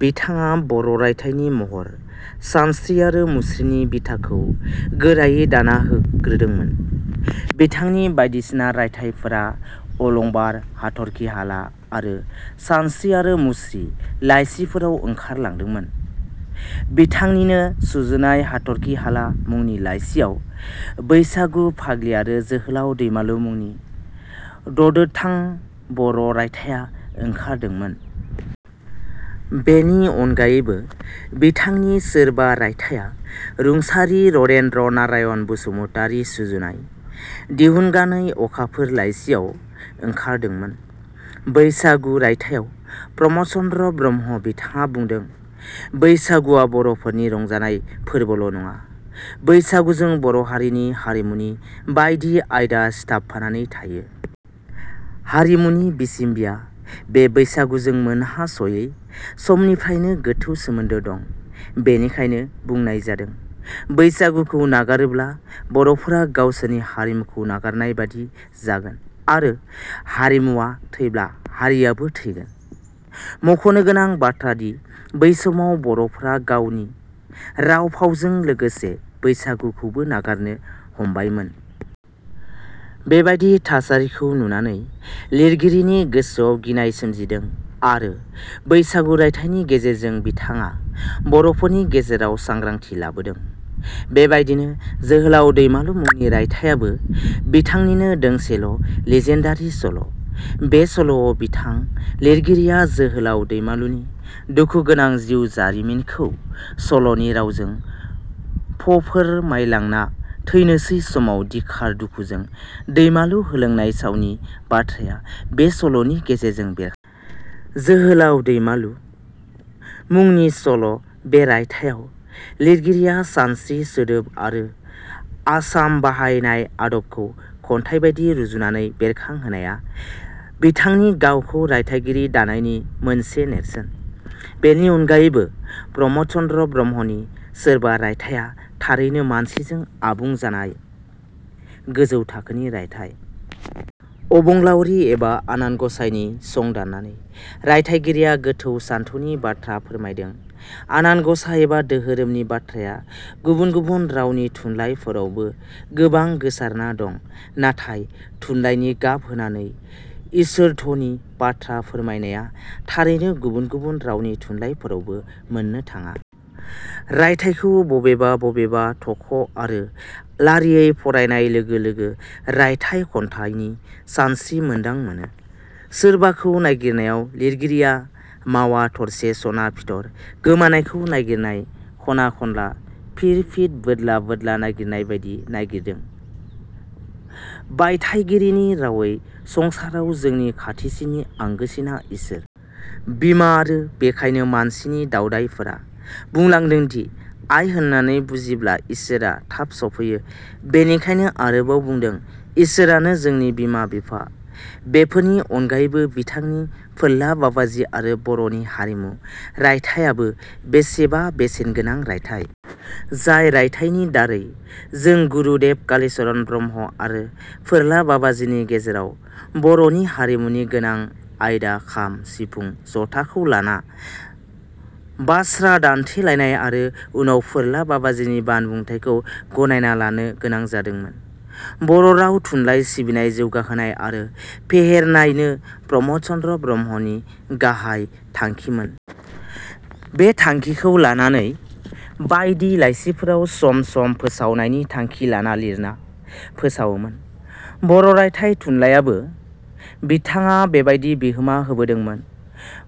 बिथाङा बर' रायथाइनि महर, सानस्रि आरो मुस्रिनि बिथाखौ गोरायै दाना होग्रोदोंमोन। बिथांनि बायदिसिना रायथाइफोरा 'अलंबार', 'हाथर्खि हाला' आरो' सानस्रि' आरो मुस्रि' लाइसिफोराव ओंखारलांदोंमोन। बिथांनिनो सुजुनाय 'हाथर्खि हाला' मुंनि लाइसियाव 'बैसागु' 'फाग्लि' आरो 'जोहोलाव दैमालु' मुंनि ददोंथाम बर' रायथाइया ओंखारदोंमोन। बेनि अनगायैबो बिथांनि 'सोरबा' रायथाया रुंसारि रनेन्द्र नारायण बसुमतारी सुजुनाय दिहुनगानै 'अखाफोर' लाइसियाव ओंखारदोंमोन। 'बैसागु' रायथायाव प्रम'द चन्द्र ब्रह्म बिथाङा बुंदों, बैसागुआ बर'फोरनि रंजानाय फोरबोल' नङा, बैसागुजों बर' हारिनि हारिमुनि बायदि आयदा सिथाबफानानै थायो। हारिमुनि बिसम्बिया बे बैसागुजों मोनहासयै समनिफ्रायनो गोथौ सोमोन्दो दं। बेनिखायनो बुंनाय जादों- बैसागोखौ नागारोब्ला बर'फोरा गावसोरनि हारिमुखौ नागारनाय बादि जागोन आरो हारिमुवा थैब्ला हारियाबो थैगोन। मखनोगोनां बाथ्रादि बै समाव बर'फोरा गावनि राव-फावजों लोगोसे बैसागुखौबो नागारनो हमबायमोन। बेबादि थासारिखौ नुनानै लिरगिरिनि गोसोआव गिनाय सोमजिदों आरो "बैसागु" रायथाइनि गेजेरजों बिथाङा बर'फोरनि गेजेराव सांग्रांथि लाबोदों। बेबादिनो 'जोहोलाव दैमालु' मुंनि रायथायाबो बिथांनिनो दोंसे लिजेण्डारि सल'। बे सल'आव बिथां लिरगिरिया जोहोलाव दैमालुनि दुखुगोनां जिउ जारिमिनखौ सल'नि रावजों फफोरमायलांना थैनोसै समाव दिखार-दुखुजों दैमालु होलांनाय सावनि बाथ्राया बे सल'नि गेजेरजों बेरखांदों। "जोहोलाव दैमालु" मुंनि सल', बे रायथाइआव लिरगिरिया सानस्रि, सोदोब आरो आसाम बाहायनाय आदबखौ खन्थाइबादि रुजुनानै बेरखांहोनाया बिथांनि गावखौ राइथाइगिरि दानायनि मोनसे नेरसोन। बेनि अनगायैबो प्रम'द चन्द्र ब्रह्मनि 'सोरबा' रायथाया थारैनो सानस्रिजों आबुं जानाय गोजौ थाखोनि रायथाइ। अबंलाउरि एबा आनान गसाइनि संदाननानै रायथाइगिरिया गोथौ सानथौनि बाथ्रा फोरमायदों। आनान गसाइ एबा दोहोरोमनि बाथ्राया गुबुन गुबुन रावनि थुनलाइफोरावबो गोबां गोसारना दं। नाथाय थुनलाइनि गाब होनानै इसोरधनि बाथ्रा फोरमायनाया थारैनो गुबुन गुबुन रावनि थुनलाइफोरावबो मोननो थाङा। रायथाइखौ बबेबा बबेबा थख' आरो लारियै फरायनाय लोगो लोगो रायथाइ-खन्याइ '' नि सानस्रि मोन्दां मोनो। 'सोरबा' खौ नागिरनायाव लिरगिरिया मावा थरसे सना फिथर गोमानायखौ नागिरनाय, ख'ना- खनला, फिर-फिद बोदला-बोदला नागिरनायबादि नागिरदों। बायथाइगिरिनि रावै- 'संसाराव जोंनि खाथिसिन आंगोसिना सोर? बिमा आरो बेखायनो मानसि दावदायफोरा बुंलांदोंदि आइ होननानै फुजिब्ला इस्वोरा थाब साफिफैयो। ' बेनिखायनो आरोबाव बुंदों- 'इसोरानो जोंनि बिमा बिफा। ' बेफोरनि अनगायैबो बिथांनि 'फोला बाबाजि आरो बर 'नि हारिमु' रायथायाबो बेसेबा बेसेनगोनां रायथाइ। जाय रायथाइनि दारै जों गुरुदेव कालीचरण ब्रह्म आरो फोलाँ बाबाजिनि गेजेराव बर 'नि हारिमुनि गोनां आयदा खाम, सिर्फ, जथाखौ लाना बाश्रा दान्थेलायनाय आरो उनाव फोर्ला बाबाजिनि बानबुंथायखौ गनायना लानो गोनां जादोंमोन। बर' राव थुनलाइ सिबिनाय जौगाहोनाय आरो फेहेरनायनो प्रम 'द चन्द्र ब्रह्मनि गाहाय थांखिमोन। बे थांखिखौ लानानैनो बायदि लाइसिफोराव सम सम फोसावनायनि थांखि लाना लिरना फोसावोमोन। बर' रायथाइ थुनलायावबो विथाडा बेबादि बिहोमा होबोदोंमोन।.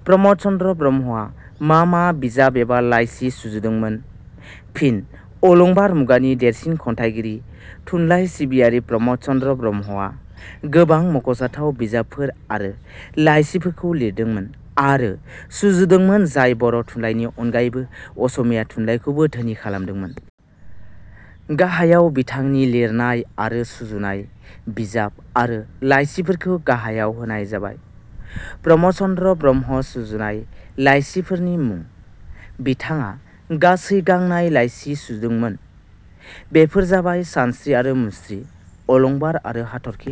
प्रम'द चन्द्र ब्रह्मआ मा मा बिजाब एबा लाइसि सुजुदोंमोन? फिन: अलंबार मुगानि देरसिन खन्थाइगिरि, थुनलाइ सिबियारि प्रम'द चन्द्र ब्रह्मआ गोबां मख'जाथाव बिजाबफोर आरो लाइसिफोरखौ लिरदोंमोन आरो सुजुदोंमोन जाय बर' थुनलायनि अनगायैबो असमिया थुनलाइखौबो धोनि खालामदोंमोन। गाहायाव बिथांनि लिरनाय आरो सुजुनाय बिजाब आरो लाइसिफोरखौ गाहायाव होनाय जाबाय- प्रम'द चन्द्र ब्रह्म सुजुनाय लाइसिफोरनि मुं: बिथाङा गासै गांनाय लाइसि सुजुदोंमोन। बेफोर जाबाय-सानस्रि आरो मुस्रि, अलंबार आरो हाथर्खि हाला।